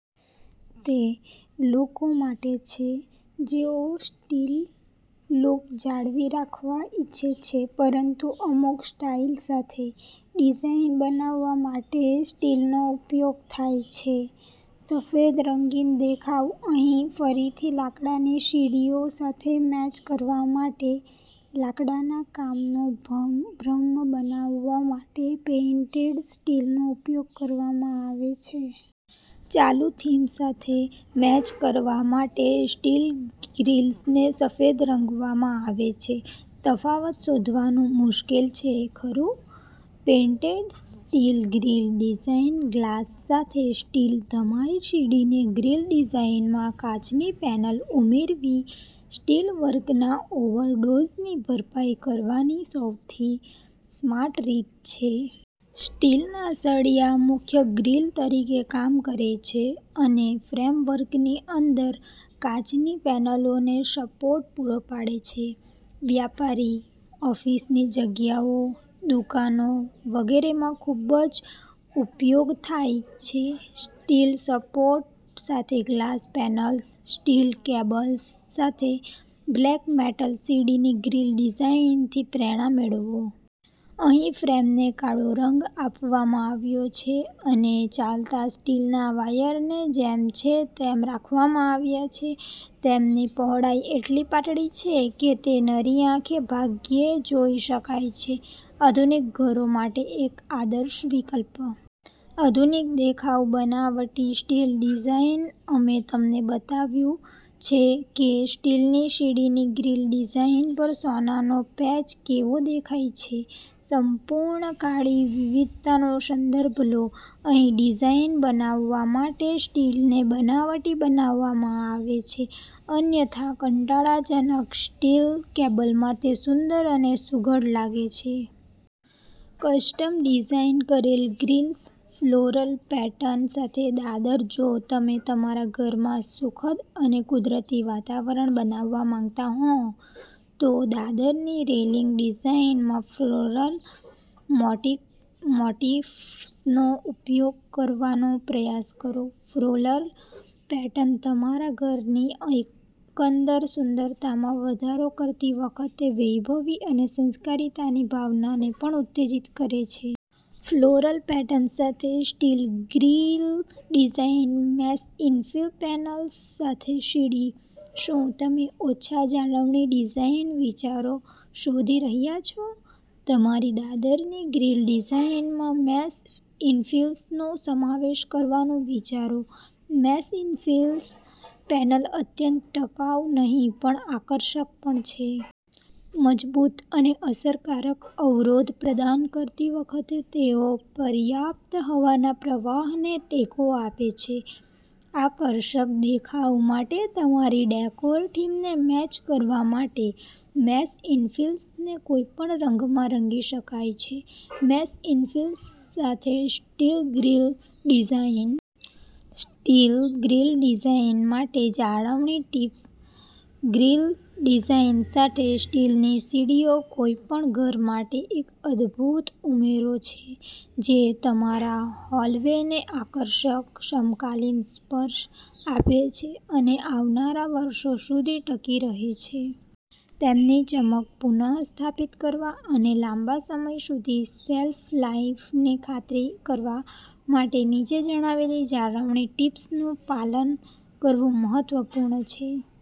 તે લોકો માટે છે જેઓ સ્ટીલ લુક જાળવી રાખવા ઈચ્છે છે પરંતુ અમુક સ્ટાઈલ સાથે. ડિઝાઇન બનાવવા માટે સ્ટીલનો ઉપયોગ થાય છે. સફેદ રંગીન દેખાવ અહીં ફરીથી લાકડાની સીડીઓ સાથે મેચ કરવા માટે લાકડાના કામનો ભ્રમ બનાવવા માટે પેઇન્ટેડ સ્ટીલનો ઉપયોગ કરવામાં આવે છે. ચાલુ થીમ સાથે મેચ કરવા માટે સ્ટીલ ગ્રિલ્સને સફેદ રંગવામાં આવે છે. તફાવત શોધવાનું મુશ્કેલ છે ખરું? Painted steel grill design glass સાથે સ્ટીલ તમારી સીડીની ગ્રીલ ડિઝાઇનમાં કાચની પેનલ ઉમેરવી સ્ટીલવર્કના ઓવરડોઝની ભરપાઈ કરવાની સૌથી સ્માર્ટ રીત છે. સ્ટીલના સળિયા મુખ્ય ગ્રીલ તરીકે કામ કરે છે અને ફ્રેમવર્કની અંદર કાચની પેનલોને સપોર્ટ પૂરો પાડે છે. વ્યાપારી, ઓફિસની જગ્યાઓ, દુકાનો વગેરેમાં ખૂબ ઉપયોગ થાય છે. સ્ટીલ સપોર્ટ સાથે ગ્લાસ પેનલ્સ, સ્ટીલ કેબલ્સ સાથે બ્લેક મેટલ સીડીની ગ્રીલ ડિઝાઇનથી પ્રેરણા મેળવો. અહીં ફ્રેમને કાળો રંગ આપવામાં આવ્યો છે અને ચાલતા સ્ટીલના વાયરને જેમ છે તેમ રાખવામાં આવ્યા છે. તેમની પહોળાઈ એટલી પાતળી છે કે તે નરી આંખે ભાગ્યે જોઈ શકાય છે. આધુનિક ઘરો માટે એક આદર્શ વિકલ્પ. આધુનિક દેખાવ બનાવટી સ્ટીલ ડિઝાઇન અમે તમને બતાવ્યું છે કે સ્ટીલની સીડીની ગ્રીલ ડિઝાઇન પર સોનાનો પેચ કેવો દેખાય છે. સંપૂર્ણ કાળી વિવિધતાનો સંદર્ભ લો. અહીં ડિઝાઇન બનાવવા માટે સ્ટીલને બનાવટી બનાવવામાં આવે છે અન્યથા કંટાળાજનક સ્ટીલ કેબલમાં તે સુંદર અને સુઘડ લાગે છે. કસ્ટમ ડિઝાઇન કરેલ ગ્રિલ્સ ફ્લોરલ પેટર્ન સાથે દાદર જો તમે તમારા ઘરમાં સુખદ અને કુદરતી વાતાવરણ બનાવવા માંગતા હો, તો દાદરની રેલિંગ ડિઝાઇનમાં ફ્લોરલ મોટિફ્સનો ઉપયોગ કરવાનો પ્રયાસ કરો. ફ્લોરલ પેટર્ન તમારા ઘરની એકંદર સુંદરતામાં વધારો કરતી વખતે વૈભવી અને સંસ્કારિતાની ભાવનાને પણ ઉત્તેજિત કરે છે. ફ્લોરલ પેટર્ન સાથે steel grill design, mesh infill panels સાથે સીડી, શું તમે ઓછા-જાળવણી ડિઝાઇન વિચારો શોધી રહ્યાં છો? તમારી દાદરની ગ્રીલ ડિઝાઇનમાં મેશ ઇન્ફિલ્સનો સમાવેશ કરવાનું વિચારો. મેશ ઇન્ફિલ પેનલ અત્યંત ટકાઉ નહીં પણ આકર્ષક પણ છે. મજબૂત અને અસરકારક અવરોધ પ્રદાન કરતી વખતે તેઓ પર્યાપ્ત હવાના પ્રવાહને ટેકો આપે છે. આકર્ષક દેખાવ માટે તમારી ડેકોર થીમને મેચ કરવા માટે મેશ ઇન્ફિલ્સને કોઈપણ રંગમાં રંગી શકાય છે. મેશ ઇન્ફિલ્સ સાથે steel grill design. Steel grill design માટે જાળવણી ટિપ્સ ગ્રીલ ડિઝાઇન સાથે સ્ટીલની સીડીઓ કોઈપણ ઘર માટે એક અદભૂત ઉમેરો છે જે તમારા હોલવેને આકર્ષક, સમકાલીન સ્પર્શ આપે છે અને આવનારા વર્ષો સુધી ટકી રહે છે. તેમની ચમક પુનઃસ્થાપિત કરવા અને લાંબા સમય સુધી શેલ્ફ લાઇફની ખાતરી કરવા માટે, નીચે જણાવેલી જાળવણી ટીપ્સનું પાલન કરવું મહત્વપૂર્ણ છે.